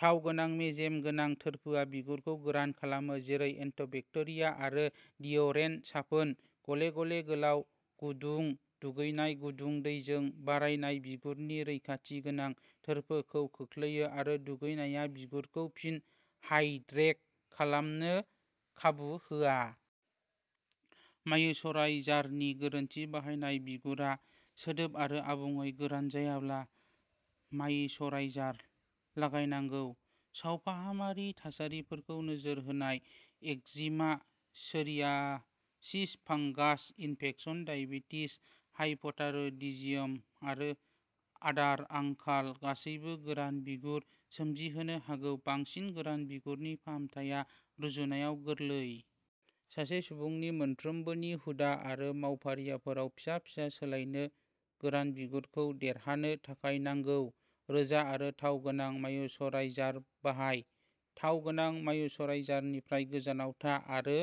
थाव गोनां मेजेम गोनां थोरफोआ बिगुरखौ गोरान खालामो। जेरै एन्टिबेक्टेरिया आरो डिअडरेन्ट साफोन। गले-गले, गोलाव, गुदुं दुगैनाय गुदुं दैजों बारायनाय बिगुरनि रैखाथि गोनां थोरफोखौ खोख्लैयो आरो दुगैनाया बिगुरखौ फिन हाइड्रेट खालामनो खाबु होआ। मायिचराइजारनि गोरोन्थि बाहायनाय बिगुरा सिदोब आरो आबुङै गोरान जायाब्ला मायिचराइजार लागायनांगौ। सावफाहामारि थासारिफोरखौ नोजोर होनाय eczema, psoriasis, fungus infection, diabetes, hypothyroidism आरो आदार आंखाल गासैबो गोरान बिगुर सोमजिहोनो हागौ। बांसिन गोरान बिगुरनि फाहामथाया रुजुनायाव गोरलै। सासे सुबुंनि सानफ्रोमबोनि हुदा आरो मावफारिफोराव फिसा-फिसा सोलायनायानो गोरान बिगुरखौ देरहानो थाखाय नांगौ। रोजा आरो थाव गोनां मायिचराइजार बाहाय। थाव गोनां मायिचराइजारनिफ्राय गोजानाव था आरो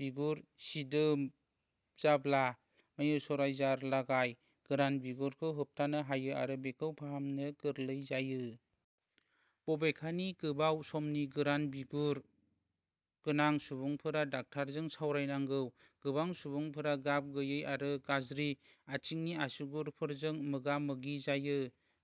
बिगुर सिदोब जाब्ला मायिचराइजार लागाय। गोरान बिगुरखौ होबथानो हायो आरो बेखौ फाहामनो गोरलै जायो। बबेखानि, गोबाव समनि गोरान बिगुर गोनां सुबुंफोरा डाक्टारजों सावरायनांगौ। गोबां सुबुंफोरा गाब गैयै आरो गाज्रि आथिंनि आसुगुरफोरजों मोगा-मोगि जायो।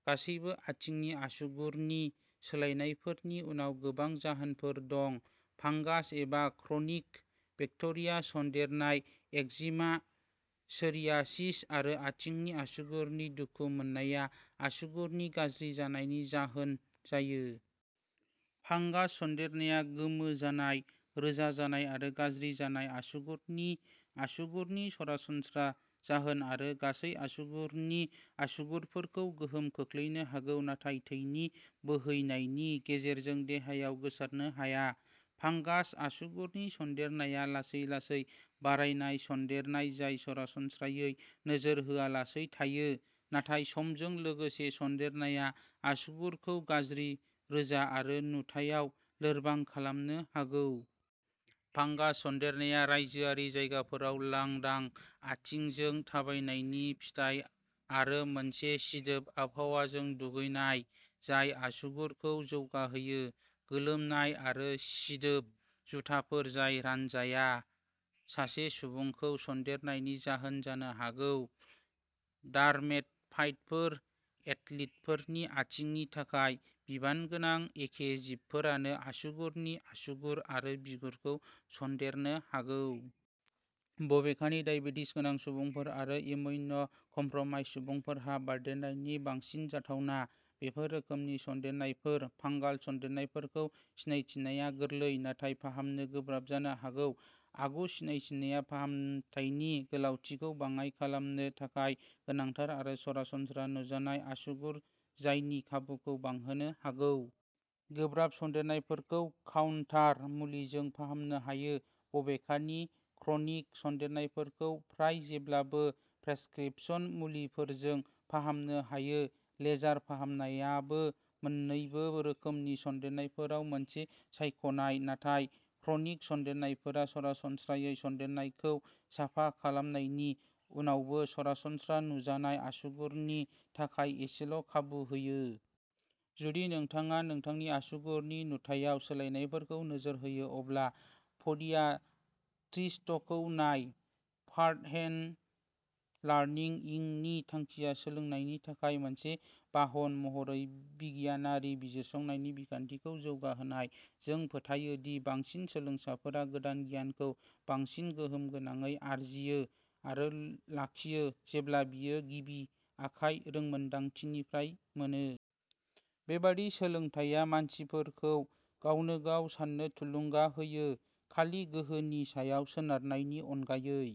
गासैबो आथिंनि आसुगुरनि सोलायनायफोरनि उनाव गोबां जाहोनफोर दं फांगास एबा क्रनिक बेक्टेरिया सन्देरनाय, एक्जिमा, सोरियासिस आरो आथिंनि आसुगुरनि दुखु मोननाया आसुगुरनि गाज्रि जानायनि जाहोन जायो। फांगास सन्देरनाया गोमो जानाय, रोजा जानाय आरो गाज्रि जानाय आसुगुरनि आसुगुरनि सरासनस्रा जाहोन आरो गासै आसुगुरनि आसुगुरफोरखौ गोहोम खोख्लैनो हागौ, नाथाय थैनि बोहैनायनि गेजेरजों देहायाव गोसारनो हाया। फांगास आसुगुरनि सन्देरनाया लासै लासै बारायनाय सन्देरनाय जाय सरासनस्रायै नोजोर होआलासै थायो, नाथाय समजों लोगोसे सनदेरनाया आसुगुरखौ गाज्रि, रोजा आरो नुथायाव लोरबां खालामनो हागौ। फांगास सन्देरनाया रायजोआरि जायगाफोराव लांदां आथिंजों थाबायनायनि फिथाय आरो मोनसे सिदोब आबहावाजों दुगैनाय जाय आसुगुरखौ जौगाहोयो। गोलोमनाय आरो सिदोब जुथाफोर जाय रानजाया, सासे सुबुंखौ सन्देरनायनि जाहोन जानो हागौ। डार्मेटफाइटफोर, एथलीटफोरनि आथिंनि थाखाय बिबानगोनां एखे जिबफोरानो आसुगुरनि आसुगुर आरो बिगुरखौ सनदेरनो हागौ। बबेखानि, डायबेटिस गोनां सुबुंफोर आरो इमिउन' कमप्र'माइज्ड सुबुंफोरहा बारदेरनायनि बांसिन जाथावना। बेफोर रोखोमनि सन्देरनायफोर। फांगाल सन्देरनायफोरखौ सिनायथिनाया गोरलै, नाथाय फाहामनो गोब्राब जानो हागौ। आगु सिनायथिया फाहामथायनि गोलावथिखौ बाङाइ खालामनो थाखाय गोनांथार आरो सरासनस्रा नुजानाय आसुगुर जानायनि खाबुखौ बांहोनो हागौ। गोब्राब सन्देरनायफोरखौ काउन्टार मुलिजों फाहामनो हायो बबेखानि, क्रनिक सन्देरनायफोरखौ फ्राय जेब्लाबो प्रेसक्रिपशन मुलिफोरजों फाहामनो हायो। लेजार फाहामनायाबो मोननैबो रोखोमनि सन्देरनायफोराव मोनसे सायख'नाय। नाथाय, क्रनिक सन्देरनायफोरा सरासनस्रायै सन्देरनायखौ साफा खालामनायनि उनावबो सरासनस्रा नुजानाय आसुगुरनि थाखाय एसेल' खाबु होयो। जुदि नोंथाङा नोंथांनि आसुगुरनि नुथायाव सोलायनायफोरखौ नोजोर होयो, अब्ला प'डियाट्रिस्टखौ नाय। फार्स्ट हेन्ड लार्निं इंक नि थांखिया सोलोंनायनि थाखाय मोनसे बाहन महरै बिगियानारि बिजिरसंनायनि बिखान्थिखौ जौगाहोनाय। जों फोथायो दि बांसिन सोलोंसाफोरा गोदान गियानखौ बांसिन गोहोम गोनाङै आरजियो आरो लाखियो जेब्ला बेयो गिबि आखाय रोंमोनदांथिनिफ्राय मोनो। बेबादि सोलोंथाया मानसिफोरखौ गावनोगाव साननो थुलुंगा होयो, खालि गोहोनि सायाव सोनारनायनि अनगायै।